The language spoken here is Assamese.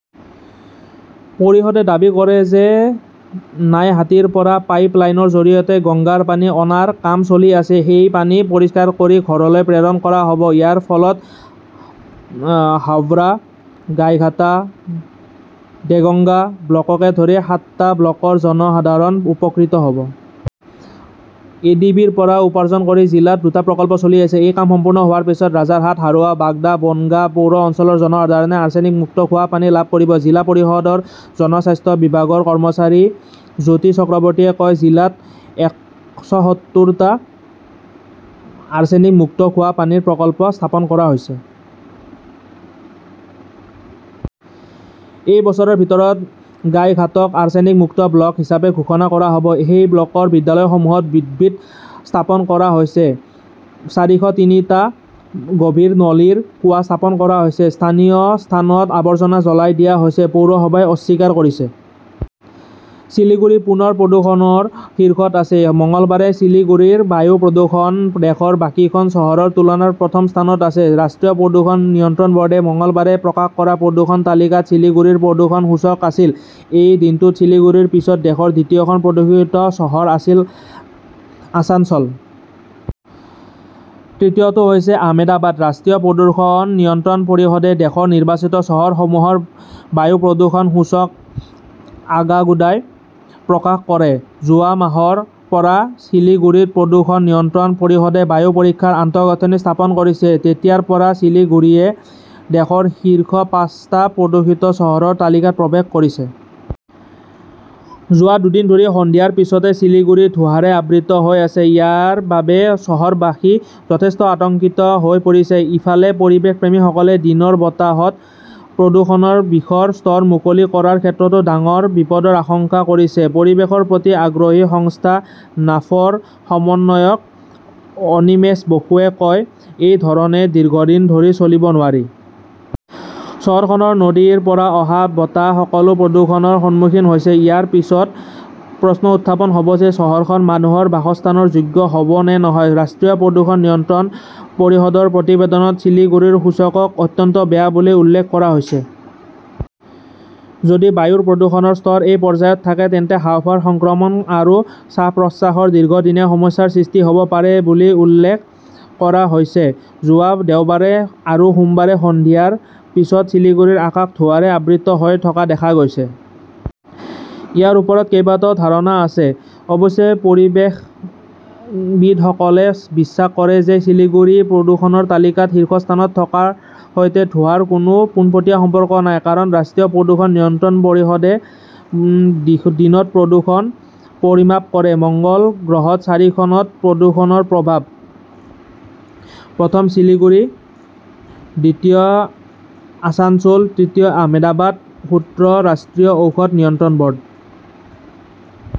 পৰিষদে দাবী কৰে যে, নাইহাটীৰ পৰা পাইপ লাইনৰ জৰিয়তে গংগাৰ পানী অনাৰ কাম চলি আছে। সেই পানী পৰিষ্কাৰ কৰি ঘৰলৈ প্ৰেৰণ কৰা হব। ইয়াৰ ফলত হাবৰা, গাইঘাটা, দেগঙ্গা ব্লককে ধৰি সাতটা ব্লকৰ জনসাধাৰণ উপকৃত হব। এ ডি বিৰ পৰা উপাৰ্জন কৰি জিলাত দুটা প্ৰকল্প চলি আছে। এই কাম সম্পূৰ্ণ হোৱাৰ পিছত ৰাজাৰহাট, হাৰোৱা, বাগদা, বনগাঁ পৌৰ অঞ্চলৰ জনসাধাৰণে আৰ্ছেনিক-মুক্ত খোৱাপানী লাভ কৰিব। জিলা পৰিষদৰ জনস্বাস্থ্য বিভাগৰ কৰ্মচাৰী জ্যোতি চক্ৰৱৰ্তীয়ে কয়, "জিলাত একসত্তৰটা আৰ্ছেনিক-মুক্ত খোৱাপানীৰ প্ৰকল্প স্থাপন কৰা হৈছে। এই বছৰৰ ভিতৰত গাইঘাটক "আৰ্ছেনিক মুক্ত ব্লক" হিচাপে ঘোষণা কৰা হব। সেই ব্লকৰ বিদ্যালয়সমূহত উদ্ভিদ স্থাপন কৰা হৈছে। চাৰিশ তিনিটা গভীৰ নলীৰ কুঁৱা স্থাপন কৰা হৈছে"। স্থানীয় স্থানত আৱৰ্জনা জ্বলাই দিয়া হৈছে, পৌৰসভাই অস্বীকাৰ কৰিছে । শিলিগুৰি পুনৰ প্ৰদূষণৰ শীৰ্ষত আছে। মঙলবাৰে শিলিগুৰিৰ বায়ু প্ৰদূষণ দেশৰ বাকীখন চহৰৰ তুলনাত প্ৰথম স্থানত আছে। ৰাষ্ট্ৰীয় প্ৰদূষণ নিয়ন্ত্ৰণ বৰ্ডে মঙলবাৰে প্ৰকাশ কৰা প্ৰদূষণ তালিকাত শিলিগুৰিৰ প্ৰদূষণ সূচক আছিল। এই দিনটোত শিলিগুৰিৰ পিছত দেশৰ দ্বিতীয়খন প্ৰদূষিত চহৰ আছিল আছানচল। তৃতীয়টো হৈছে আহমেদাবাদ। ৰাষ্ট্ৰীয় প্ৰদূষণ নিয়ন্ত্ৰণ পৰিষদে দেশৰ নিৰ্বাচিত চহৰসমূহৰ বায়ু প্ৰদূষণ সূচক আগাগোদাই প্ৰকাশ কৰে। যোৱা মাহৰ পৰা শিলিগুৰিত প্ৰদূষণ নিয়ন্ত্ৰণ পৰিষদে বায়ু পৰীক্ষাৰ আন্তঃগাঁথনি স্থাপন কৰিছে। তেতিয়াৰ পৰা শিলিগুৰিয়ে দেশৰ শীৰ্ষ পাঁচটা প্ৰদূষিত চহৰৰ তালিকাত প্ৰৱেশ কৰিছে। যোৱা দুদিন ধৰি সন্ধিয়াৰ পিছতে শিলিগুৰি ধোঁৱাৰে আবৃত হৈ আছে। ইয়াৰ বাবে চহৰবাসী যথেষ্ট আতংকিত হৈ পৰিছে। ইফালে পৰিৱেশপ্ৰেমীসকলে দিনৰ বতাহত প্ৰদূষণৰ বিষৰ স্তৰ মুকলি কৰাৰ ক্ষেত্ৰতো ডাঙৰ বিপদৰ আশংকা কৰিছে। পৰিৱেশৰ প্ৰতি আগ্ৰহী সংস্থা নাফৰ সমন্বয়ক অনিমেশ বসুৱে কয়, "এই ধৰণে দীৰ্ঘদিন ধৰি চলিব নোৱাৰি। চহৰখনৰ নদীৰ পৰা অহা বতাহ সকলো প্ৰদূষণৰ সন্মুখীন হৈছে। ইয়াৰ পিছত প্ৰশ্ন উত্থাপন হব যে, চহৰখন মানুহৰ বাসস্থানৰ যোগ্য হব নে নহয়"। ৰাষ্ট্ৰীয় প্ৰদূষণ নিয়ন্ত্ৰণ পৰিষদৰ প্ৰতিবেদনত শিলিগুৰিৰ সূচকক "অত্যন্ত বেয়া" বুলি উল্লেখ কৰা হৈছে। যদি বায়ুৰ প্ৰদূষণৰ স্তৰ এই পৰ্যায়ত থাকে, তেন্তে হাঁওফাঁওৰ সংক্ৰমণ আৰু শ্বাস-প্ৰশ্বাসৰ দীৰ্ঘদিনীয়া সমস্যাৰ সৃষ্টি হব পাৰে বুলি উল্লেখ কৰা হৈছে। যোৱা দেওবাৰ আৰু সোমবাৰে সন্ধিয়াৰ পিছত শিলিগুৰিৰ আকাশ ধোঁৱাৰে আবৃত হৈ থকা দেখা গৈছে। ইয়াৰ ওপৰত কেইবাটাও ধাৰণা আছে। অৱশ্যে পৰিৱেশবিদসকলে বিশ্বাস কৰে যে, শিলিগুৰি প্ৰদূষণৰ তালিকাত শীৰ্ষস্থানত থকাৰ সৈতে ধোঁৱাৰ কোনো পোনপটীয়া সম্পৰ্ক নাই। কাৰণ ৰাষ্ট্ৰীয় প্ৰদূষণ নিয়ন্ত্ৰণ পৰিষদে দিনত প্ৰদূষণ পৰিমাপ কৰে। মঙ্গল গ্ৰহত চহৰখনত প্ৰদূষণৰ প্ৰভাৱ; প্ৰথম শিলিগুৰি; দ্বিতীয় আছানছোল; তৃতীয় আহমেদাবাদ, সূত্ৰ ৰাষ্ট্ৰীয় ঔষধ নিয়ন্ত্ৰণ বৰ্ড ।